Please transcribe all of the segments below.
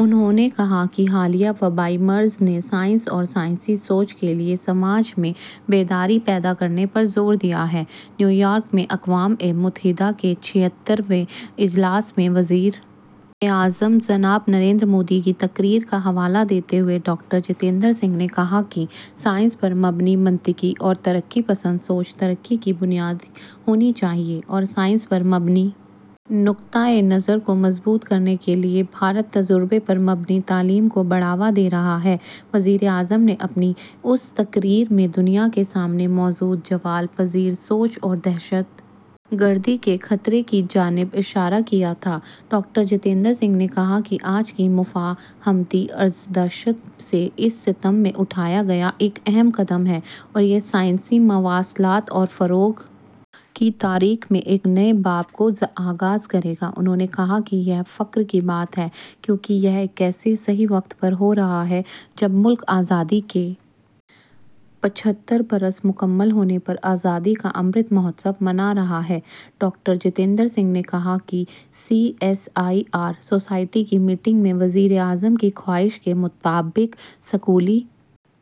انہوں نے کہا کہ حالیہ وبائی مرض نے سائنس اور سائنسی سوچ کے لیے سماج میں بیداری پیدا کرنے پر زور دیا ہے نیویارک میں اقوام متحدہ کے چھہتر ویں اجلاس میں وزیر اعظم جناب نریندر مودی کی تقریر کا حوالہ دیتے ہوئے ڈاکٹر جتیندر سنگھ نے کہا کہ سائنس پر مبنی منطقی اور ترقی پسند سوچ ترقی کی بنیاد ہونی چاہیے اور سائنس پر مبنی نقطہ نظر کو مضبوط کرنے کے لیے بھارت تجربے پر مبنی تعلیم کو بڑھاوا دے رہا ہے وزیر اعظم نے اپنی اس تقریر میں دنیا کے سامنے موجود زوال پذیر سوچ اور دہشت گردی کے خطرے کی جانب اشارہ کیا تھا ڈاکٹر جتیندر سنگھ نے کہا کہ آج کی مفاہمتی عرضداشت اس سمت میں اٹھایا گیا ایک اہم قدم ہے اور یہ سائنسی مواصلات اور فروغ کی تاریخ میں ایک نئے باب کا آغاز کرے گا انہوں نے کہا کہ یہ فخر کی بات ہے کیونکہ یہ ایک ایسے صحیح وقت پر ہو رہا ہے جب ملک آزادی کے پچھتر برس مکمل ہونے پر آزادی کا امرت مہوتسو منا رہا ہے ڈاکٹر جتیندر سنگھ نے کہا کہ C S I R society کی میٹنگ میں وزیر اعظم کی خواہش کے مطابق اسکولی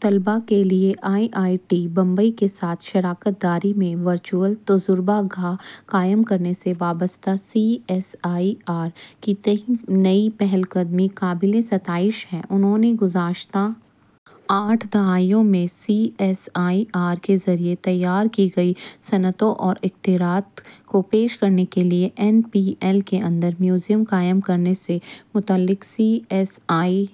طلبہ کے لیے آئی آئی ٹی بمبئی کے ساتھ شراکت داری میں ورچوئل تجربہ گاہ قائم کرنے سے وابستہ سی ایس آئی آر کی نئی پہل قدمی قابل ستائش ہے انہوں نے گزشتہ آٹھ دہائیوں میں سی ایس آئی آر کے ذریعہ تیار کی گئی صنعتوں اور اختراعات کو پیش کرنے کے لیے این پی ایل کے اندر میوزیم قائم کرنے سے متعلق سی ایس آئی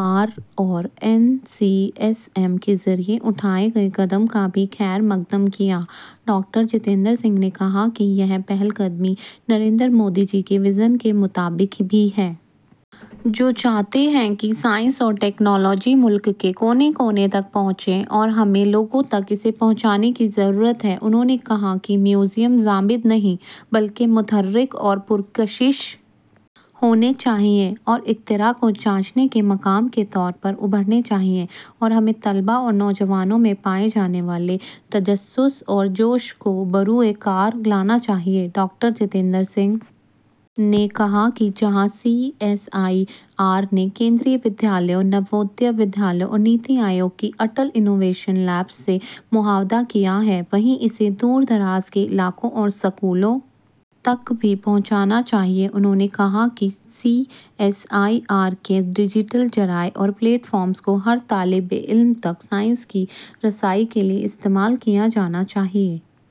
آر اور این سی ایس ایم کے ذریعہ اٹھائے گئے قدم کا بھی خیرمقدم کیا ڈاکٹر جتیندر سنگھ نے کہا کہ یہ پہل قدمی نریندر مودی جی کے ویژن کے مطابق بھی ہے جو چاہتے ہیں کہ سائنس اور ٹیکنالوجی ملک کے کونے کونے تک پہنچے اور ہمیں لوگوں تک اسے پہنچانے کی ضرورت ہے انہوں نے کہا کہ میوزیم جامد نہیں بلکہ متحرک اور پرکشش ہونے چاہئیں اور اختراع کو جانچنے کے مقام کے طور پر ابھرنے چاہئیں اور ہمیں طلبہ اور نوجوانوں میں پائے جانے والے تجسس اور جوش کو بروئے کار لانا چاہیے ڈاکٹر جتیندر سنگھ نے کہا کہ جہاں سی ایس آئی آر نے کیندریہ ودیالیوں نوودیہ ودیالیوں اور نیتی آیوگ کی اٹل اختراعی تجربہ گاہوں سے معاہدہ کیا ہے وہیں اسے دور دراز کے علاقوں اور اسکولوں تک بھی پہنچنا چاہیے انہوں نے کہا کہ سی ایس آئی آر کے ڈیجیٹل ذرائع اور پلیٹ فارمز کو ہر طالب علم تک سائنس کی رسائی کے لیے استعمال کیا جانا چاہیے